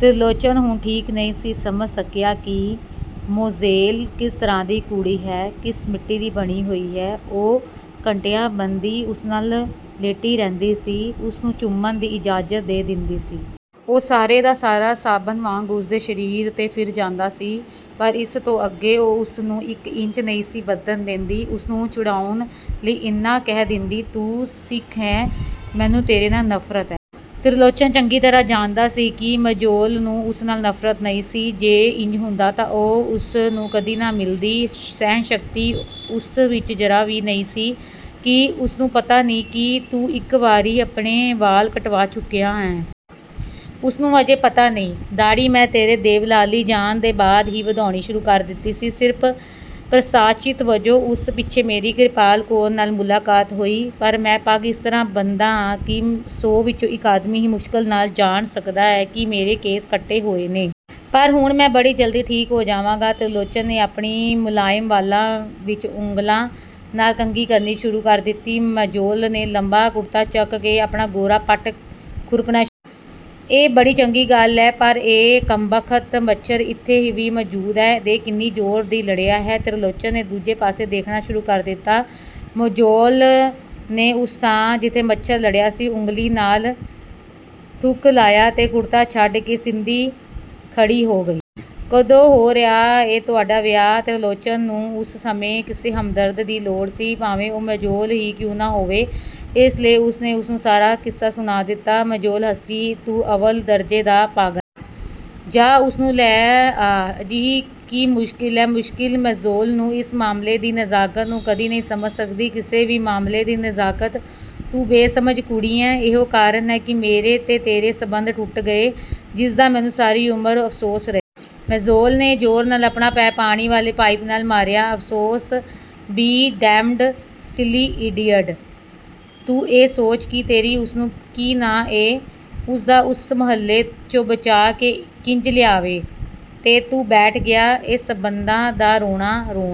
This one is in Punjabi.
ਤਿਰਲੋਚਨ ਹੁਣ ਤੀਕ ਨਹੀਂ ਸੀ ਸਮਝ ਸਕਿਆ ਕਿ ਮੋਜ਼ੇਲ ਕਿਸ ਤਰ੍ਹਾਂ ਦੀ ਕੁੜੀ ਹੈ। ਕਿਸ ਮਿੱਟੀ ਦੀ ਬਣੀ ਹੋਈ ਹੈ। ਉਹ ਘੰਟਿਆਂ ਬੱਧੀ ਉਸ ਨਾਲ ਲੇਟੀ ਰਹਿੰਦੀ ਸੀ, ਉਸਨੂੰ ਚੁੰਮਣ ਦੀ ਇਜਾਜ਼ਤ ਦੇ ਦਿੰਦੀ ਸੀ। ਉਹ ਸਾਰੇ ਦਾ ਸਾਰਾ ਸਾਬਨ ਵਾਂਗ ਉਸਦੇ ਸਰੀਰ 'ਤੇ ਫਿਰ ਜਾਂਦਾ ਸੀ, ਪਰ ਇਸ ਤੋਂ ਅੱਗੇ ਉਹ ਉਸਨੂੰ ਇਕ ਇੰਚ ਨਹੀਂ ਸੀ ਵਧਣ ਦਿੰਦੀ। ਉਸਨੂੰ ਚਿੜਾਉਣ ਲਈ ਏਨਾ ਕਹਿ ਦਿੰਦੀ, "ਤੂੰ ਸਿੱਖ ਏਂ, ਮੈਨੂੰ ਤੇਰੇ ਨਾਲ ਨਫ਼ਰਤ ਏ। " ਤਿਰਲੋਚਨ ਚੰਗੀ ਤਰ੍ਹਾਂ ਜਾਣਦਾ ਸੀ ਕਿ ਮੋਜ਼ੇਲ ਨੂੰ ਉਸ ਨਾਲ ਨਫ਼ਰਤ ਨਹੀਂ ਸੀ। ਜੇ ਇੰਜ ਹੁੰਦਾ ਤਾਂ ਉਹ ਉਸਨੂੰ ਕਦੀ ਨਾ ਮਿਲਦੀ। ਸਹਿਣ-ਸ਼ਕਤੀ ਉਸ ਵਿਚ ਜ਼ਰਾ ਵੀ ਨਹੀਂ ਸੀ। ਕੀ ਉਸਨੂੰ ਪਤਾ ਨਹੀਂ ਕਿ ਤੂੰ ਇਕ ਵਾਰੀ ਆਪਣੇ ਵਾਲ ਕਟਵਾ ਚੁੱਕਿਆ ਏਂ? " "ਉਸਨੂੰ ਅਜੇ ਪਤਾ ਨਹੀਂ। ਦਾੜ੍ਹੀ ਮੈਂ ਤੇਰੇ ਦੇਵਲਾਲੀ ਜਾਣ ਦੇ ਬਾਅਦ ਹੀ ਵਧਾਉਣੀ ਸ਼ੁਰੂ ਕਰ ਦਿੱਤੀ ਸੀ, ਸਿਰਫ਼ ਪ੍ਰਾਸ਼ਚਿਤ ਵਜੋਂ। ਉਸ ਪਿੱਛੋਂ ਮੇਰੀ ਕਿਰਪਾਲ ਕੌਰ ਨਾਲ ਮੁਲਾਕਾਤ ਹੋਈ। ਪਰ ਮੈਂ ਪੱਗ ਇਸ ਤਰ੍ਹਾਂ ਬੰਨ੍ਹਦਾ ਆਂ ਕਿ ਸੌ ਵਿਚੋਂ ਇਕ ਆਦਮੀ ਹੀ ਮੁਸ਼ਕਲ ਨਾਲ ਜਾਣ ਸਕਦਾ ਏ ਕਿ ਮੇਰੇ ਕੇਸ ਕੱਟੇ ਹੋਏ ਨੇ। ਪਰ ਹੁਣ ਮੈਂ ਬੜੀ ਜਲਦੀ ਠੀਕ ਹੋ ਜਾਵਾਂਗਾ। " ਤਿਰਲੋਚਨ ਨੇ ਆਪਣੇ ਮੁਲਾਇਮ ਵਾਲਾਂ ਵਿਚ ਉਂਗਲਾਂ ਨਾਲ ਕੰਘੀ ਕਰਨੀ ਸ਼ੁਰੂ ਕਰ ਦਿੱਤੀ। ਮੋਜ਼ੇਲ ਨੇ ਲੰਮਾ ਕੁੜਤਾ ਚੁੱਕ ਕੇ ਆਪਣਾ ਗੋਰਾ ਪੱਟ ਖੁਰਕਣਾ ਸ਼ੁਰੂ ਕੀਤਾ। "ਇਹ ਬੜੀ ਚੰਗੀ ਗੱਲ ਏ, ਪਰ ਇਹ ਕੰਬਖਤ ਮੱਛਰ ਇੱਥੇ ਵੀ ਮੌਜ਼ੂਦ ਐ। ਦੇਖ, ਕਿੰਨੀ ਜ਼ੋਰ ਦੀ ਲੜਿਆ ਏ! " ਤਿਰਲੋਚਨ ਨੇ ਦੂਜੇ ਪਾਸੇ ਦੇਖਣਾ ਸ਼ੁਰੂ ਕਰ ਦਿੱਤਾ। ਮੋਜ਼ੇਲ ਨੇ ਉਸ ਥਾਂ ਜਿੱਥੇ ਮੱਛਰ ਲੜਿਆ ਸੀ, ਉਂਗਲੀ ਨਾਲ ਥੁੱਕ ਲਾਇਆ ਤੇ ਕੁੜਤਾ ਛੱਡ ਕੇ ਸਿੱਧੀ ਖੜ੍ਹੀ ਹੋ ਗਈ। "ਕਦੋਂ ਹੋ ਰਿਹਾ ਏ ਤੁਹਾਡਾ ਵਿਆਹ? " ਤਿਰਲੋਚਨ ਨੂੰ ਉਸ ਸਮੇਂ ਕਿਸੇ ਹਮਦਰਦ ਦੀ ਲੋੜ ਸੀ, ਭਾਵੇਂ ਉਹ ਮੋਜ਼ੇਲ ਹੀ ਕਿਉਂ ਨਾ ਹੋਵੇ। ਇਸ ਲਈ ਉਸਨੇ ਉਸਨੂੰ ਸਾਰਾ ਕਿੱਸਾ ਸੁਣਾ ਦਿੱਤਾ। ਮੋਜ਼ੇਲ ਹੱਸੀ, "ਤੂੰ ਅੱਵਲ ਦਰਜ਼ੇ ਦਾ ਪਾਗਲ ਏਂ। ਜਾਹ, ਉਸਨੂੰ ਲੈ ਆ, ਅਜਿਹੀ ਕੀ ਮੁਸ਼ਕਿਲ ਏ? " "ਮੁਸ਼ਕਿਲ! ਮੋਜ਼ੇਲ ਤੂੰ ਇਸ ਮਾਮਲੇ ਦੀ ਨਜ਼ਾਕਤ ਨੂੰ ਕਦੀ ਨਹੀਂ ਸਮਝ ਸਕਦੀ। ਕਿਸੇ ਵੀ ਮਾਮਲੇ ਦੀ ਨਜ਼ਾਕਤ, ਤੂੰ ਬੇਸ਼ਮਝ ਕੁੜੀ ਏਂ। ਇਹੋ ਕਾਰਨ ਹੈ ਕਿ ਮੇਰੇ ਤੇ ਤੇਰੇ ਸੰਬੰਧ ਟੁੱਟ ਗਏ, ਜਿਸਦਾ ਮੈਨੂੰ ਸਾਰੀ ਉਮਰ ਅਫ਼ਸੋਸ ਰਹੇਗਾ। " ਮੋਜ਼ੇਲ ਨੇ ਜ਼ੋਰ ਨਾਲ ਆਪਣਾ ਪੈਰ ਪਾਣੀ ਵਾਲੇ ਪਾਈਪ ਨਾਲ ਮਾਰਿਆ, "ਅਫ਼ਸੋਸ ਬੀ ਡੈਮਡ—ਸਿਲੀ, ਈਡੀਅਟ! ਤੂੰ ਇਹ ਸੋਚ ਕਿ ਤੇਰੀ ਉਸਨੂੰ, ਕੀ ਨਾਂ ਏਂ ਉਸਦਾ, ਉਸ ਮੁਹੱਲੇ 'ਚੋਂ ਬਚਾ ਕੇ ਕਿੰਜ ਲਿਆਵੇਂ, ਤੇ ਤੂੰ ਬੈਠ ਗਿਆ ਏਂ ਸੰਬੰਧਾਂ ਦਾ ਰੋਣਾ-ਰੋਣ।